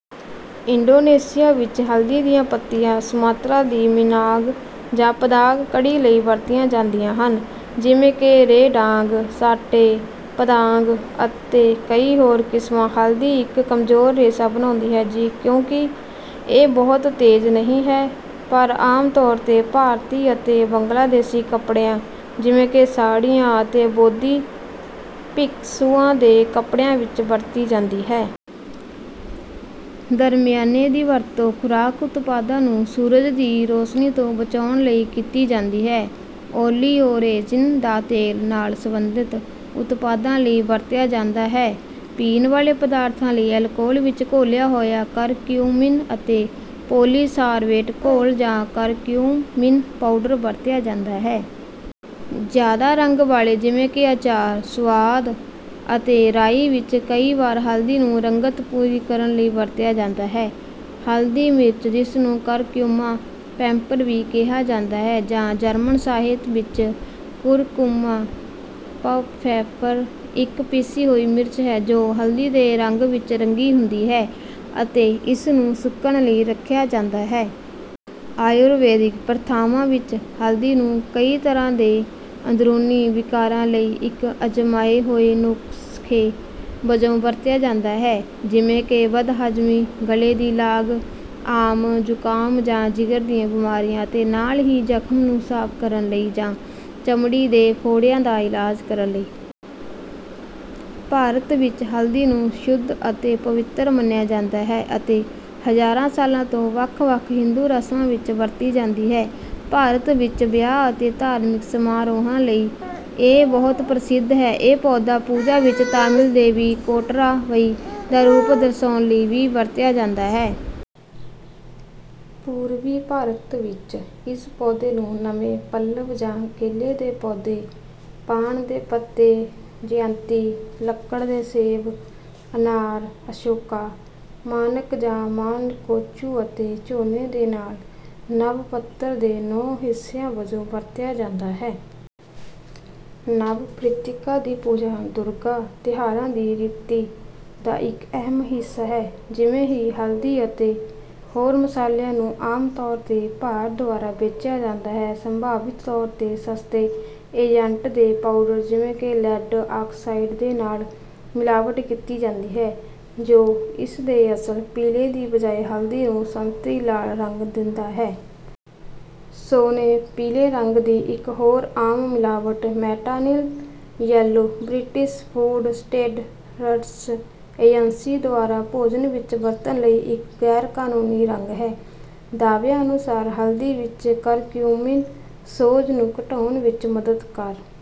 Indonesia ਵਿੱਚ, ਹਲਦੀ ਦੀਆਂ ਪੱਤੀਆਂ ਸੁਮਾਤਰਾ ਦੀ ਮਿਨਾਂਗ ਜਾਂ ਪਦਾਂਗ ਕੜ੍ਹੀ ਲਈ ਵਰਤੀਆਂ ਜਾਂਦੀਆਂ ਹਨ, ਜਿਵੇਂ ਕਿ ਰੈਂਡਾਂਗ, ਸਾਟੇ ਪਦਾਂਗ ਅਤੇ ਕਈ ਹੋਰ ਕਿਸਮਾਂ। ਹਲਦੀ ਇੱਕ ਕਮਜ਼ੋਰ ਰੇਸ਼ਾ ਬਣਾਉਂਦੀ ਹੈ, ਕਿਉਂਕਿ ਇਹ ਬਹੁਤ ਤੇਜ਼ ਨਹੀਂ ਹੈ, ਪਰ ਆਮ ਤੌਰ 'ਤੇ ਭਾਰਤੀ ਅਤੇ ਬੰਗਲਾਦੇਸ਼ੀ ਕੱਪੜਿਆਂ, ਜਿਵੇਂ ਕਿ ਸਾੜ੍ਹੀਆਂ ਅਤੇ ਬੋਧੀ ਭਿਕਸ਼ੂਆਂ ਦੇ ਕੱਪੜਿਆਂ ਵਿੱਚ ਵਰਤੀ ਜਾਂਦੀ ਹੈ। ਦਰਮਿਆਨੇ ਦੀ ਵਰਤੋਂ ਖੁਰਾਕ ਉਤਪਾਦਾਂ ਨੂੰ ਸੂਰਜ ਦੀ ਰੌਸ਼ਨੀ ਤੋਂ ਬਚਾਉਣ ਲਈ ਕੀਤੀ ਜਾਂਦੀ ਹੈ। ਓਲੀਓਰੇਜ਼ਿਨ ਦਾ ਤੇਲ ਨਾਲ ਸਬੰਧਿਤ ਉਤਪਾਦਾਂ ਲਈ ਵਰਤਿਆ ਜਾਂਦਾ ਹੈ। ਪੀਣ ਵਾਲੇ ਪਦਾਰਥਾਂ ਲਈ ਅਲਕੋਹਲ ਵਿੱਚ ਘੋਲਿਆ ਹੋਇਆ ਕਰਕਿਊਮਿਨ ਅਤੇ ਪੋਲੀਸਾਰਬੇਟ ਘੋਲ ਜਾਂ ਕਰਕਿਊਮਿਨ ਪਾਊਡਰ ਵਰਤਿਆ ਜਾਂਦਾ ਹੈ। ਜ਼ਿਆਦਾ ਰੰਗ ਵਾਲੇ, ਜਿਵੇਂ ਕਿ ਅਚਾਰ, ਸੁਆਦ ਅਤੇ ਰਾਈ ਵਿੱਚ, ਕਈ ਵਾਰ ਹਲਦੀ ਨੂੰ ਰੰਗਤ ਪੂਰੀ ਕਰਨ ਲਈ ਵਰਤਿਆ ਜਾਂਦਾ ਹੈ। ਹਲਦੀ ਮਿਰਚ, ਜਿਸ ਨੂੰ ਕਰਕਿਊਮਾ ਪੈਪਰ ਵੀ ਕਿਹਾ ਜਾਂਦਾ ਹੈ ਜਾਂ ਜਰਮਨ ਸਾਹਿਤ ਵਿੱਚ ਕੁਰਕੁਮਾਪਫੈਫਰ, ਇੱਕ ਪੀਸੀ ਹੋਈ ਮਿਰਚ ਹੈ ਜੋ ਹਲਦੀ ਦੇ ਰੰਗ ਵਿੱਚ ਰੰਗੀ ਹੁੰਦੀ ਹੈ ਅਤੇ ਇਸ ਨੂੰ ਸੁੱਕਣ ਲਈ ਰੱਖਿਆ ਜਾਂਦਾ ਹੈ। ਆਯੁਰਵੈਦਿਕ ਪ੍ਰਥਾਵਾਂ ਵਿੱਚ, ਹਲਦੀ ਨੂੰ ਕਈ ਤਰ੍ਹਾਂ ਦੇ ਅੰਦਰੂਨੀ ਵਿਕਾਰਾਂ ਲਈ ਇੱਕ ਅਜ਼ਮਾਏ ਹੋਏ ਨੁਸਖੇ ਵਜੋਂ ਵਰਤਿਆ ਜਾਂਦਾ ਹੈ, ਜਿਵੇਂ ਕਿ ਬਦਹਜ਼ਮੀ, ਗਲੇ ਦੀ ਲਾਗ, ਆਮ ਜ਼ੁਕਾਮ ਜਾਂ ਜਿਗਰ ਦੀਆਂ ਬਿਮਾਰੀਆਂ, ਅਤੇ ਨਾਲ ਹੀ ਜ਼ਖ਼ਮ ਨੂੰ ਸਾਫ਼ ਕਰਨ ਲਈ ਜਾਂ ਚਮੜੀ ਦੇ ਫੋੜਿਆਂ ਦਾ ਇਲਾਜ ਕਰਨ ਲਈ। ਭਾਰਤ ਵਿੱਚ ਹਲਦੀ ਨੂੰ ਸ਼ੁੱਧ ਅਤੇ ਪਵਿੱਤਰ ਮੰਨਿਆ ਜਾਂਦਾ ਹੈ ਅਤੇ ਹਜ਼ਾਰਾਂ ਸਾਲਾਂ ਤੋਂ ਵੱਖ-ਵੱਖ ਹਿੰਦੂ ਰਸਮਾਂ ਵਿੱਚ ਵਰਤੀ ਜਾਂਦੀ ਹੈ। ਭਾਰਤ ਵਿੱਚ ਵਿਆਹ ਅਤੇ ਧਾਰਮਿਕ ਸਮਾਰੋਹਾਂ ਲਈ ਇਹ ਬਹੁਤ ਪ੍ਰਸਿੱਧ ਹੈ। ਇਹ ਪੌਦਾ ਪੂਜਾ ਵਿੱਚ ਤਾਮਿਲ ਦੇਵੀ ਕੋਟਰਾਵਈ ਦਾ ਰੂਪ ਦਰਸਾਉਣ ਲਈ ਵੀ ਵਰਤਿਆ ਜਾਂਦਾ ਹੈ। ਪੂਰਬੀ ਭਾਰਤ ਵਿੱਚ, ਇਸ ਪੌਦੇ ਨੂੰ ਨਵੇਂ ਪੱਲਵ ਜਾਂ ਕੇਲੇ ਦੇ ਪੌਦੇ, ਪਾਨ ਦੇ ਪੱਤੇ, ਜਯੰਤੀ, ਲੱਕੜ ਦੇ ਸੇਬ, ਅਨਾਰ, ਅਸ਼ੋਕਾ, ਮਾਨਕ ਜਾਂ ਮਾਨਕੋਚੂ ਅਤੇ ਝੋਨੇ ਦੇ ਨਾਲ ਨਵਪੱਤਰ ਦੇ ਨੌਂ ਹਿੱਸਿਆਂ ਵਜੋਂ ਵਰਤਿਆ ਜਾਂਦਾ ਹੈ। ਨਵਪੱਤ੍ਰਿਕਾ ਦੀ ਪੂਜਾ ਦੁਰਗਾ ਤਿਉਹਾਰਾਂ ਦੀ ਰੀਤੀ ਦਾ ਇੱਕ ਅਹਿਮ ਹਿੱਸਾ ਹੈ। ਜਿਵੇਂ ਹੀ ਹਲਦੀ ਅਤੇ ਹੋਰ ਮਸਾਲਿਆਂ ਨੂੰ ਆਮ ਤੌਰ 'ਤੇ ਭਾਰ ਦੁਆਰਾ ਵੇਚਿਆ ਜਾਂਦਾ ਹੈ, ਸੰਭਾਵਿਤ ਤੌਰ 'ਤੇ ਸਸਤੇ ਏਜੰਟ ਦੇ ਪਾਊਡਰ, ਜਿਵੇਂ ਕਿ ਲੈੱਡ ਆਕਸਾਈਡ ਦੇ ਨਾਲ ਮਿਲਾਵਟ ਕੀਤੀ ਜਾਂਦੀ ਹੈ, ਜੋ ਇਸ ਦੇ ਅਸਲ ਪੀਲੇ ਦੀ ਬਜਾਏ ਹਲਦੀ ਨੂੰ ਸੰਤਰੀ-ਲਾਲ ਰੰਗ ਦਿੰਦਾ ਹੈ। ਸੋਨੇ-ਪੀਲੇ ਰੰਗ ਦੀ ਇੱਕ ਹੋਰ ਆਮ ਮਿਲਾਵਟ, metanil yellow, British Food Standards Agency ਦੁਆਰਾ ਭੋਜਨ ਵਿੱਚ ਵਰਤਣ ਲਈ ਇੱਕ ਗੈਰ-ਕਾਨੂੰਨੀ ਰੰਗ ਹੈ। ਦਾਅਵਿਆਂ ਅਨੁਸਾਰ ਹਲਦੀ ਵਿੱਚ ਕਰਕਿਊਮਿਨ ਸੋਜ ਨੂੰ ਘਟਾਉਣ ਵਿੱਚ ਮਦਦ ਕਰ